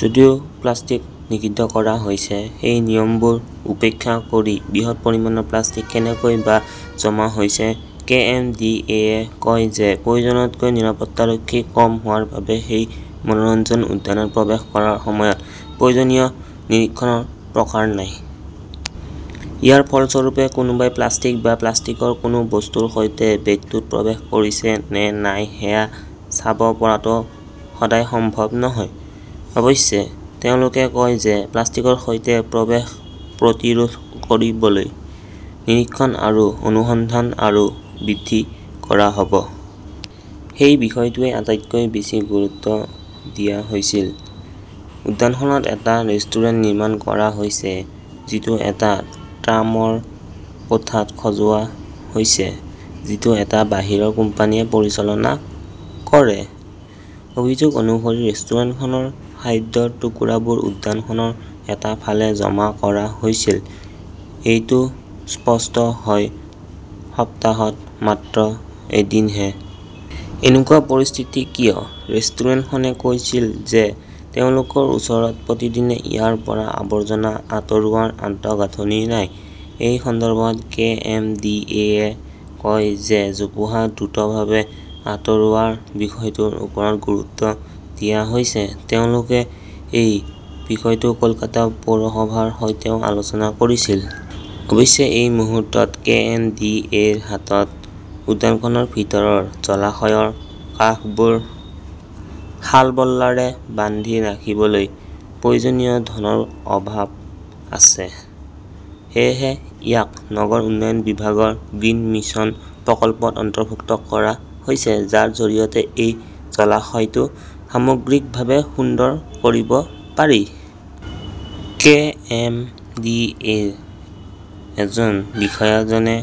যদিও প্লাষ্টিক নিষিদ্ধ কৰা হৈছে, সেই নিয়মবোৰ উপেক্ষা কৰি বৃহৎ পৰিমাণৰ প্লাষ্টিক কেনেকৈ বা জমা হৈছে? কে. এম. ডি. এ. -য়ে কয় যে প্ৰয়োজনতকৈ নিৰাপত্তাৰক্ষী কম হোৱাৰ বাবে সেই মনোৰঞ্জন উদ্যানখনত প্ৰৱেশ কৰাৰ সময়ত প্ৰয়োজনীয় নিৰীক্ষণৰ প্ৰকাৰ নাই। ইয়াৰ ফলস্বৰূপে, কোনোবাই প্লাষ্টিক বা প্লাষ্টিকৰ কোনো বস্তুৰ সৈতে বেগটোত প্ৰৱেশ কৰিছে নে নাই সেয়া চাব পৰাটো সদায় সম্ভৱ নহয়। অৱশ্যে তেওঁলোকে কয় যে প্লাষ্টিকৰ সৈতে প্ৰৱেশ প্ৰতিৰোধ কৰিবলৈ নিৰীক্ষণ আৰু অনুসন্ধান আৰু বৃদ্ধি কৰা হ 'ব। সেই বিষয়টোৱেই আটাইতকৈ বেছি গুৰুত্ব দিয়া হৈছে। উদ্যানখনত এটা ৰেষ্টুৰেণ্ট নিৰ্মাণ কৰা হৈছে ,যিটো এটা ট্ৰামৰ কোঠাত সজোৱা হৈছে, যিটো এটা বাহিৰৰ কোম্পানীয়ে পৰিচালনা কৰে। অভিযোগ অনুসৰি ৰেষ্টুৰেণ্টখনৰ খাদ্যৰ টুকুৰাবোৰ উদ্যানখনৰ এটা ফালে জমা কৰা হৈছিল ,এইটো স্পষ্ট হয় সপ্তাহত মাত্ৰ এদিনহে। এনেকুৱা পৰিস্থিতি কিয়? ৰেষ্টুৰেণ্টখনে কৈছিল যে তেওঁলোকৰ ওচৰত প্ৰতিদিনে ইয়াৰ পৰা আৱৰ্জনা আঁতৰোৱাৰ আন্তঃগাঁথনি নাই। এই সন্দৰ্ভত কে. এম. ডি. এ. -য়ে কয় যে জোপোহা দ্ৰুতভাৱে আঁতৰোৱাৰ বিষয়টোৰ ওপৰত গুৰুত্ব দিয়া হৈছে। তেওঁলোকে এই বিষয়টো কলকাতা পৌৰসভাৰ সৈতেও আলোচনা কৰিছিল। অৱশ্যে এই মুহূৰ্তত কে. এম. ডি. এ. -ৰ হাতত উদ্যানখনৰ ভিতৰৰ জলাশয়ৰ কাষবোৰ শালবল্লাৰে বান্ধি ৰাখিবলৈ প্ৰয়োজনীয় ধনৰ অভাৱ আছে। সেয়েহে ইয়াক নগৰ উন্নয়ন বিভাগৰ গ্ৰীণ মিছন প্ৰকল্পত অন্তৰ্ভুক্ত কৰা হৈছে, যাৰ জৰিয়তে এই জলাশয়টো সামগ্ৰিকভাৱে সুন্দৰ কৰিব পাৰি। কে. এম. ডি. এ. -ৰ এজন বিষয়াজনে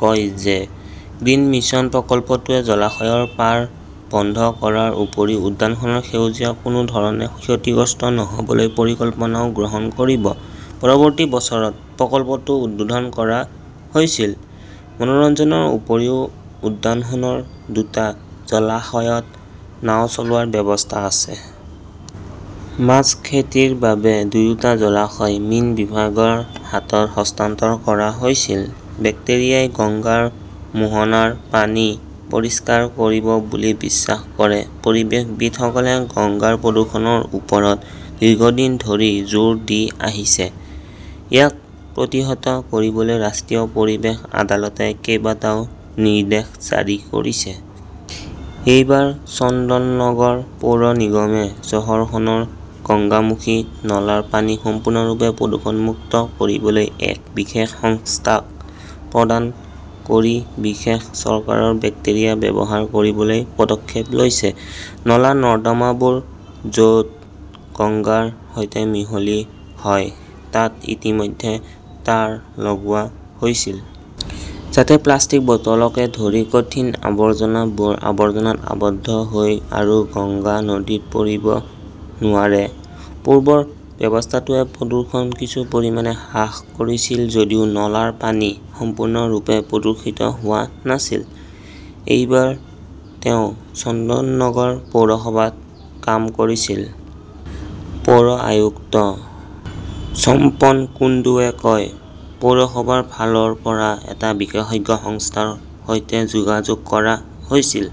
কয় যে গ্ৰীণ মিছন প্ৰকল্পটোৱে জলাশয়ৰ পাৰ বন্ধ কৰাৰ উপৰিও উদ্যানখনৰ সেউজীয়া কোনো ধৰণে ক্ষতিগ্ৰস্ত নহ'বলৈ পৰিকল্পনাও গ্ৰহণ কৰিব। পৰৱৰ্তী বছৰত প্ৰকল্পটো উদ্বোধন কৰা হৈছিল। মনোৰঞ্জনৰ উপৰিও উদ্যানখনৰ দুটা জলাশয়ত নাওঁ চলোৱাৰ ব্যৱস্থা আছে। মাছ খেতিৰ বাবে দুয়োটা জলাশয় মীন বিভাগৰ হাতত হস্তান্তৰ কৰা হৈছে। বেক্টেৰিয়াই গংগাৰ মোহনাৰ পানী পৰিষ্কাৰ কৰিব বুলি বিশ্বাস কৰে পৰিৱেশবিদসকলে গংগাৰ প্ৰদূষণৰ ওপৰত দীৰ্ঘদিন ধৰি জোৰ দি আহিছে। ইয়াক প্ৰতিহত কৰিবলৈ ৰাষ্ট্ৰীয় পৰিৱেশ আদালতে কেইবাটাও নিৰ্দেশ জাৰি কৰিছে। এইবাৰ, চন্দননগৰ পৌৰ নিগমে চহৰখনৰ গংগামুখী নলাৰ পানী সম্পূৰ্ণৰূপে প্ৰদূষণমুক্ত কৰিবলৈ এক বিশেষজ্ঞ সংস্থাক প্ৰদান কৰি বিশেষ প্ৰকাৰৰ বেক্টেৰিয়া ব্যৱহাৰ কৰিবলৈ পদক্ষেপ লৈছে। নলা-নৰ্দমাবোৰ য 'ত গংগাৰ সৈতে মিহলি হয় তাত ইতিমধ্যে তাঁৰ লগোৱা হৈছিল। যাতে প্লাষ্টিক, বটলকে ধৰি কঠিন আৱৰ্জনাবোৰ আৱৰ্জনাত আবদ্ধ হৈ আৰু গংগা নদীত পৰিব নোৱাৰে। পূৰ্বৰ ব্যৱস্থাটোৱে প্ৰদূষণ কিছু পৰিমাণে হ্ৰাস কৰিছিল যদিও নলাৰ পানী সম্পূৰ্ণৰূপে প্ৰদূষিত হোৱা নাছিল। এইবাৰ তেওঁ চন্দননগৰ পৌৰসভাত কাম কৰিছিল। পৌৰ আয়ুক্ত স্বপন কুণ্ডুৱে কয়, পৌৰসভাৰ ফালৰ পৰা এটা বিশেষজ্ঞ সংস্থাৰ সৈতে যোগাযোগ কৰা হৈছিল।